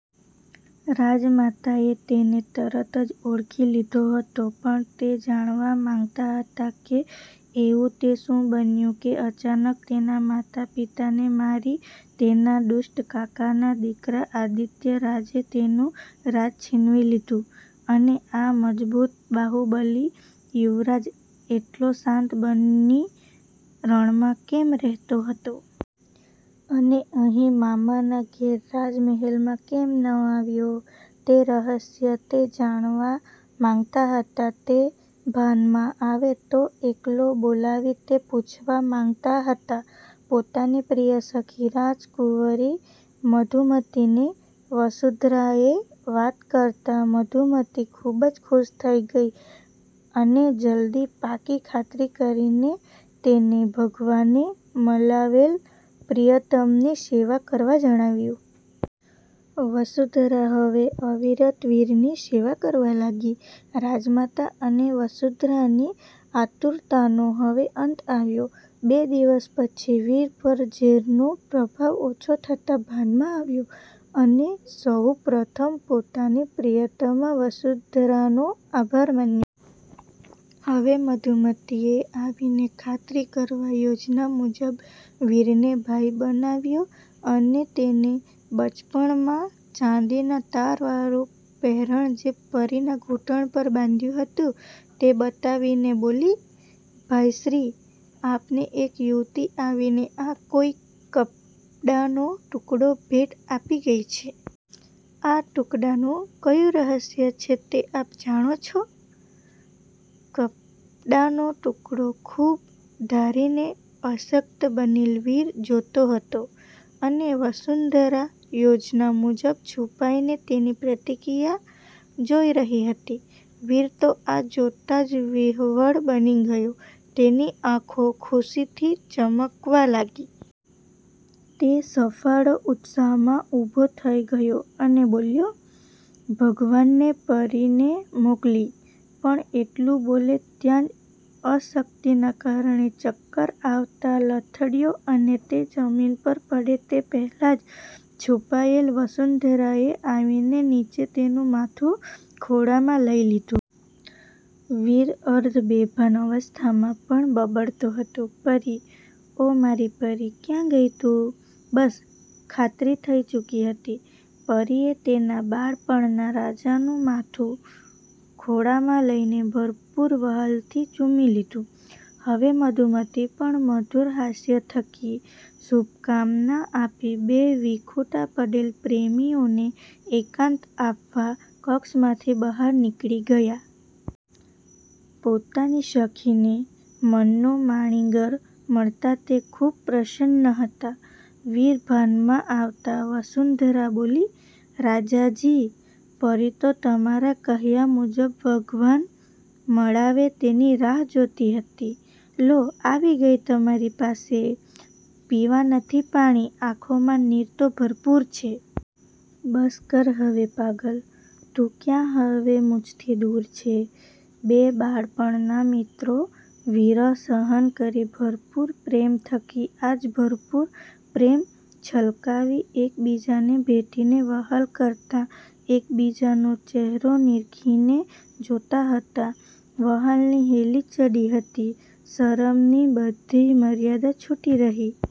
રાજમાતાએ તેને તરત જ ઓળખી લીધો હતો પણ તે જાણવાં માગતાં હતાં કે એવું તે શું બન્યું કે અચાનક તેનાં માતાપિતાને મારી તેનાં દુષ્ટ કાકાના દીકરા આદિત્યરાજે તેનું રાજ છીનવી લીધું? અને આ મજબૂત બાહુબલી યુવરાજ એટલો શાંત બની રણમાં કેમ રહેતો હતો? અને અહીં મામાનાં ઘેર રાજમહેલમાં કેમ ન આવ્યો? તે રહસ્ય તે જાણવાં માગતાં હતાં. તે ભાનમાં આવે તો એકલો બોલાવી તે પૂછવા માગતાં હતાં. પોતાની પ્રિય સખી રાજકુંવરી મધુમતીને વસુધરાએ વાત કરતાં મધુમતી ખુબ જ ખુશ થઈ ગઇ અને જલ્દી પાકી ખાતરી કરીને તેને ભગવાને મલાવેલ પ્રિયતમની સેવા કરવા જણાવ્યું. વસુધરા હવે અવિરત વીરની સેવા કરવા લાગી. રાજમાતાં અને વસુધરાની આતુરતાનો હવે અંત આવ્યો. બે દિવસ પછી વીર પર ઝેરનો પ્રભાવ ઓછો થતાં ભાનમાં આવ્યો, અને સહુ પ્રથમ પોતાની પ્રિયતમા વસુધરાનો આભાર માન્યો. હવે મધુમતીએ આવીને ખાતરી કરવા યોજના મુજબ વીરને ભાઈ બનાવ્યો, અને તેને બચપણમાં ચાંદીના તારવાળું પહેરણ જે પરીના ઘૂંટણ પર બાંધ્યું હતું તે બતાવીને બોલી,"ભાઈ શ્રી આપને એક યુવતી આવીને આ કોઈ કપડાનો ટુકડો ભેટ આપી ગઈ છે? આ ટુકડાનું ક્યુ રહસ્ય છે તે આપ જાણો છો.?" કપડાનો ટુકડો ખુબ ધારીને અશક્ત બનેલ વીર જોતો હતો અને વસુંધરા યોજના મુજબ છુપાઈને તેની પ્રતિકિયા જોઈ રહી હતી. વીર તો આ જોતાં જ વિહવળ બની ગયો, તેની આંખો ખુશીથી ચમકવવાં લાગી. તે સફાળો ઉત્સાહમાં ઊભો થઈ ગયો અને બોલ્યો,"ભગવાને પરીને મોકલી." પણ એટલું બોલે ત્યાં જ અશક્તિનાં કારણે ચક્કર આવતાં લથડ્યો અને તે જમીન પર પડે તે પહેલાં જ છુપાયેલ વસુંધરાએ આવીને નીચે તેનું માથું ખોળામાં લઈ લીધું. વીર અર્ધબેભાન અવસ્થામાં પણ બબડતો હતો,"પરી, ઓ મારી પરી, ક્યાં ગઈ તું?" બસ ખાતરી થઈ ચુકી હતી. પરીએ તેનાં બાળપણનાં રાજાનું માથું ખોળામાં લઇને ભરપૂર વ્હાલથી ચૂમી લીધું. હવે મધુમતી પણ મધુર હાસ્ય થકી શુભકામનાં આપી બે વિખુટા પડેલ પ્રેમીઓને એકાંત આપવા કક્ષમાંથી બહાર નીકળી ગયાં. પોતાની શખીને મનનો માણીગર મળતાં તે ખુબ પ્રશન્ન હતાં. વીર ભાનમાં આવતાં વસુંધરા બોલી,"રાજાજી, પરી તો તમારાં કહ્યાં મુજબ ભગવાન મળાવે તેની રાહ જોતી હતી. લો આવી ગઈ તમારી પાસે. "પીવા નથી પાણી, આંખોમાં નીર તો ભરપૂર છે. બસ કર હવે પાગલ, તું ક્યાં હવે મુજથી દુર છે." બે બાળપણનાં મિત્રો વિરહ સહન કરી ભરપૂર પ્રેમ થકી આજ ભરપૂર પ્રેમ છલકાવી એક બીજાને ભેટીને વહાલ કરતાં એકબીજાનો ચેહરો નીરખીને જોતાં હતાં. વ્હાલની હેલી ચડી હતી. શરમની બધીય મર્યાદા છૂટી રહી